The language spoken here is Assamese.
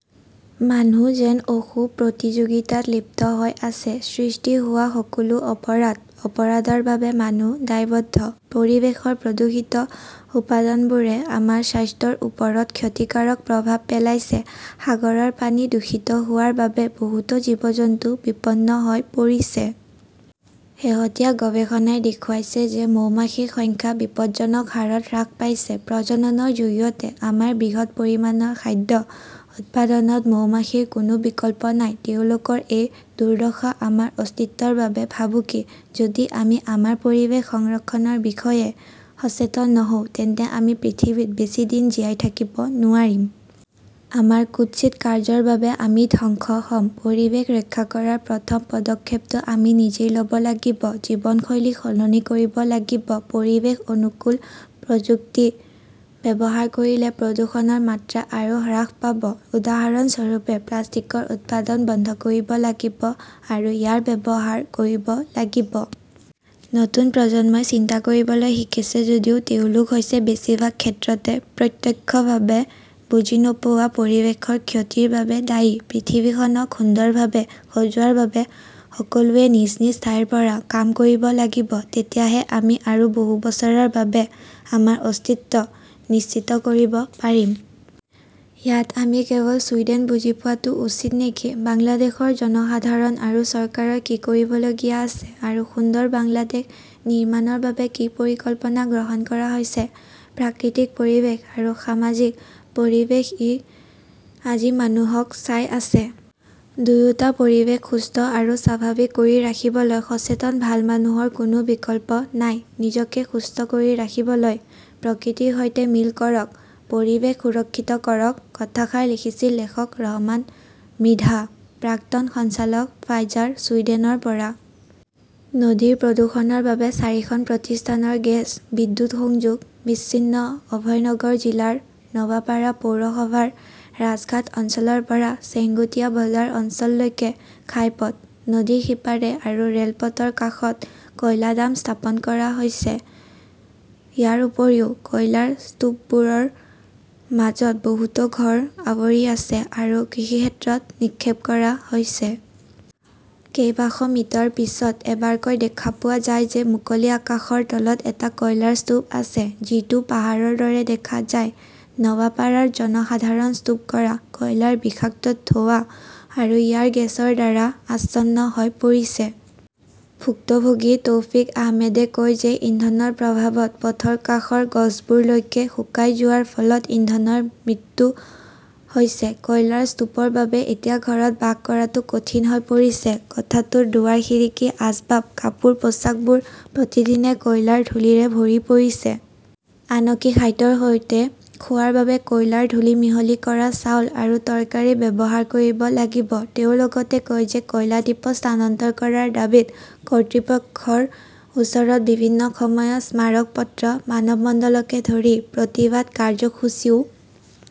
মানুহ যেন অশুভ প্ৰতিযোগিতাত লিপ্ত হৈ আছে। সৃষ্টি হোৱা সকলো অপৰাধ, অপৰাধৰ বাবে মানুহ দায়বদ্ধ। পৰিৱেশৰ প্ৰদূষিত উপাদানবোৰে আমাৰ স্বাস্থ্যৰ ওপৰত ক্ষতিকাৰক প্ৰভাৱ পেলাইছে। সাগৰৰ পানী দূষিত হোৱাৰ বাবে বহুতো জীৱ-জন্তু বিপন্ন হৈ পৰিছে। শেহতীয়া গৱেষণাই দেখুৱাইছে যে মৌমাখিৰ সংখ্যা বিপদজনক হাৰত হ্ৰাস পাইছে। প্ৰজননৰ জৰিয়তে আমাৰ বৃহৎ পৰিমাণৰ খাদ্য উৎপাদনত মৌমাখিৰ কোনো বিকল্প নাই। তেওঁলোকৰ এই দুৰ্দশা আমাৰ অস্তিত্বৰ বাবে ভাবুকি। যদি আমি আমাৰ পৰিৱেশ সংৰক্ষণৰ বিষয়ে সচেতন নহওঁ তেন্তে আমি পৃথিৱীত বেছি দিন জীয়াই থাকিব নোৱাৰিম। আমাৰ কুৎসিত কাৰ্য্যৰ বাবে আমি ধ্বংস হ'ম। পৰিৱেশ ৰক্ষা কৰাৰ প্ৰথম পদক্ষেপটো আমি নিজেই ল'ব লাগিব। জীৱনশৈলী সলনি কৰিব লাগিব। পৰিৱেশ অনুকূল প্ৰযুক্তি ব্যৱহাৰ কৰিলে প্ৰদূষণৰ মাত্ৰা আৰু হ্ৰাস পাব। উদাহৰণস্বৰূপে, প্লাষ্টিকৰ উৎপাদন বন্ধ কৰিব লাগিব আৰু ইয়াৰ ব্যৱহাৰ কৰিব লাগিব। নতুন প্ৰজন্মই চিন্তা কৰিবলৈ শিকিছে যদিও তেওঁলোক হৈছে বেছিভাগ ক্ষেত্ৰতে প্ৰত্যক্ষভাৱে বুজি নোপোৱা পৰিৱেশৰ ক্ষতিৰ বাবে দায়ী। পৃথিৱীখনক সুন্দৰভাৱে সজোৱাৰ বাবে সকলোৱে নিজ নিজ ঠাইৰ পৰা কাম কৰিব লাগিব। তেতিয়াহে আমি আৰু বহু বছৰৰ বাবে আমাৰ অস্তিত্ব নিশ্চিত কৰিব পাৰিম। ইয়াত আমি কেৱল ছুইডেন বুজি পোৱাটো উচিত নেকি? বাংলাদেশৰ জনসাধাৰণ আৰু চৰকাৰৰ কি কৰিবলগীয়া আছে আৰু সুন্দৰ বাংলাদেশ নিৰ্মাণৰ বাবে কি পৰিকল্পনা গ্ৰহণ কৰা হৈছে? প্ৰাকৃতিক পৰিৱেশ আৰু সামাজিক পৰিৱেশই আজি মানুহক চাই আছে। দুয়োটা পৰিৱেশ সুস্থ আৰু স্বাভাৱিক কৰি ৰাখিবলৈ সচেতন ভাল মানুহৰ কোনো বিকল্প নাই। নিজকে সুস্থ কৰি ৰাখিবলৈ প্ৰকৃতিৰ সৈতে মিল কৰক, পৰিৱেশ সুৰক্ষিত কৰক- কথাষাৰ লিখিছিল লেখক ৰহমান মৃধা, প্ৰাক্তন সঞ্চালক ফাইজাৰ, ছুইডেনৰ পৰা । নদীৰ প্ৰদূষণৰ বাবে চাৰিখন প্ৰতিষ্ঠানৰ গেছ, বিদ্যুৎ সংযোগ বিচ্ছিন্ন অভয়নগৰ জিলাৰ নৱাপাৰা পৌৰসভাৰ ৰাজঘাট অঞ্চলৰ পৰা চেঙ্গুটিয়া বজাৰ অঞ্চললৈকে ঘাইপথ, নদীৰ সিপাৰে আৰু ৰেলপথৰ কাষত কয়লা ডাম্প স্থাপন কৰা হৈছে। ইয়াৰ উপৰিও, কয়লাৰ স্তূপবোৰৰ মাজত বহুতো ঘৰ আৱৰি আছে আৰু কৃষিক্ষেত্ৰত নিক্ষেপ কৰা হৈছে। কেইবাশ মিটাৰ পিছত এবাৰকৈ দেখা পোৱা যায় যে মুকলি আকাশৰ তলত এটা কয়লাৰ স্তূপ আছে। যিটো পাহাৰৰ দৰে দেখা যায়। নৱাপাড়াৰ জনসাধাৰণ স্তূপ কৰা কয়লাৰ বিষাক্ত ধোঁৱা আৰু ইয়াৰ গেছৰ দ্বাৰা আচ্ছন্ন হৈ পৰিছে। ভুক্তভোগী তৌফিক আহমেদে কয় যে ইন্ধনৰ প্ৰভাৱত পথৰ কাষৰ গছবোৰলৈকে শুকাই যোৱাৰ ফলত ইন্ধনৰ মৃত্যু হৈছে। কয়লাৰ স্তূপৰ বাবে এতিয়া ঘৰত বাস কৰাটো কঠিন হৈ পৰিছে। কোঠাটোৰ দুৱাৰ-খিৰিকী আচবাব, কাপোৰ পোচাকবোৰ প্ৰতিদিনে কয়লাৰ ধূলিৰে ভৰি পৰিছে। আনকি খাদ্যৰ সৈতে খোৱাৰ বাবে কয়লাৰ ধূলি মিহলি কৰা চাউল আৰু তৰকাৰী ব্যৱহাৰ কৰিব লাগিব। তেওঁ লগতে কয় যে কয়লা ডিপো স্থানান্তৰ কৰাৰ দাবীত কৰ্তৃপক্ষৰ ওচৰত বিভিন্ন সময়ৰ স্মাৰক পত্ৰ, মানৱমণ্ডলকে ধৰি প্ৰতিবাদ কাৰ্যসূচীও